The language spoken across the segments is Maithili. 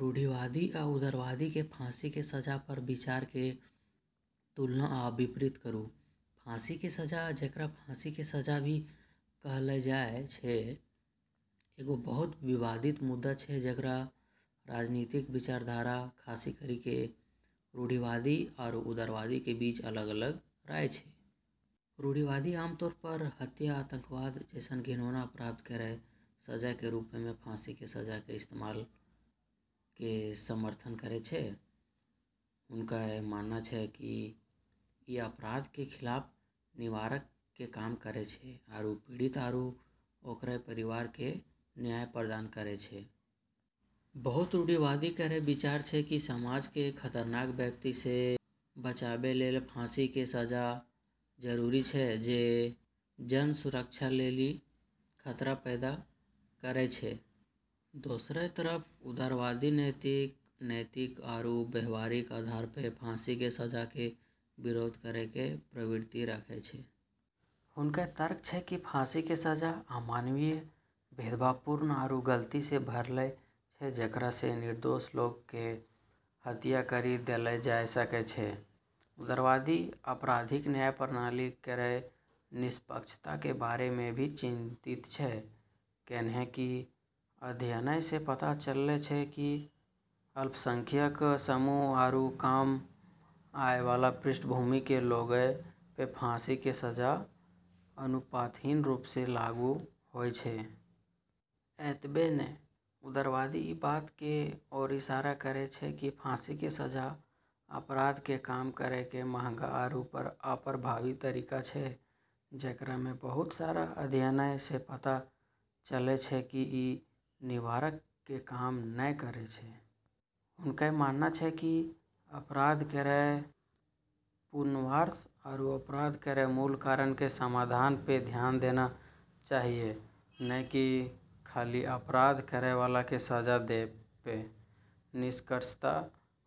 रूढ़िवादी आ उदारवादी के फांसी के सजा पर विचार के तुलना आ विपरीत करू। फांसी के सजा, जेकरा फांसी के सजा भी कहलऽ जाय छै, एगो बहुत विवादित मुद्दा छै जेकरऽ राजनीतिक विचारधारा खास करी क॑ रूढ़िवादी आरू उदारवादी के बीच अलग-अलग राय छै। रूढ़िवादी आम तौर पर हत्या या आतंकवाद जैसनऽ घिनौना अपराध केरऽ सजा के रूप म॑ फांसी के सजा के इस्तेमाल के समर्थन करै छै। हुनकऽ मानना छै कि ई अपराध के खिलाफ निवारक के काम करै छै आरू पीड़ित आरू ओकरऽ परिवार क॑ न्याय प्रदान करै छै। बहुत रूढ़िवादी केरऽ विचार छै कि समाज क॑ खतरनाक व्यक्ति स॑ बचाबै लेली फांसी के सजा जरूरी छै जे जन सुरक्षा लेली खतरा पैदा करै छै। दोसरऽ तरफ उदारवादी नैतिक, नैतिक आरू व्यावहारिक आधार प॑ फांसी के सजा के विरोध करै के प्रवृत्ति रखै छै। हुनकऽ तर्क छै कि फांसी के सजा अमानवीय, भेदभावपूर्ण आरू गलती स॑ भरलऽ छै जेकरा स॑ निर्दोष लोगऽ क॑ हत्या करी देलऽ जाय सकै छै। उदारवादी आपराधिक न्याय प्रणाली केरऽ निष्पक्षता के बारे म॑ भी चिंतित छै, कैन्हेंकि अध्ययनऽ स॑ पता चललै छै कि अल्पसंख्यक समूह आरू कम आय वाला पृष्ठभूमि के लोगऽ प॑ फांसी के सजा अनुपातहीन रूप स॑ लागू होय छै। एतबे नै, उदारवादी ई बात के ओर इशारा करै छै कि फांसी के सजा अपराध क॑ कम करै के महंगा आरू अप्रभावी तरीका छै, जेकरा म॑ बहुत सारा अध्ययनऽ स॑ पता चलै छै कि ई निवारक के काम नै करै छै। हुनकऽ मानना छै कि अपराध केरऽ पुनर्वास आरू अपराध केरऽ मूल कारणऽ के समाधान प॑ ध्यान देना चाहियऽ, नै कि खाली अपराध करै वाला क॑ सजा दै प॑। निष्कर्षतः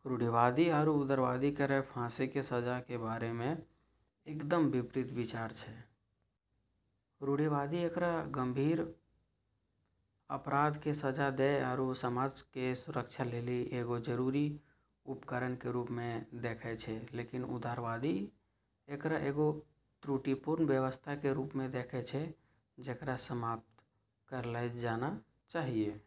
रूढ़िवादी आरू उदारवादी केरऽ फांसी के सजा के बारे म॑ एकदम विपरीत विचार छै। रूढ़िवादी एकरा गंभीर अपराध क॑ सजा दै आरू समाज के सुरक्षा लेली एगो जरूरी उपकरण के रूप म॑ देखै छै, लेकिन उदारवादी एकरा एगो त्रुटिपूर्ण व्यवस्था के रूप म॑ देखै छै जेकरा समाप्त करलऽ जाना चाहियऽ।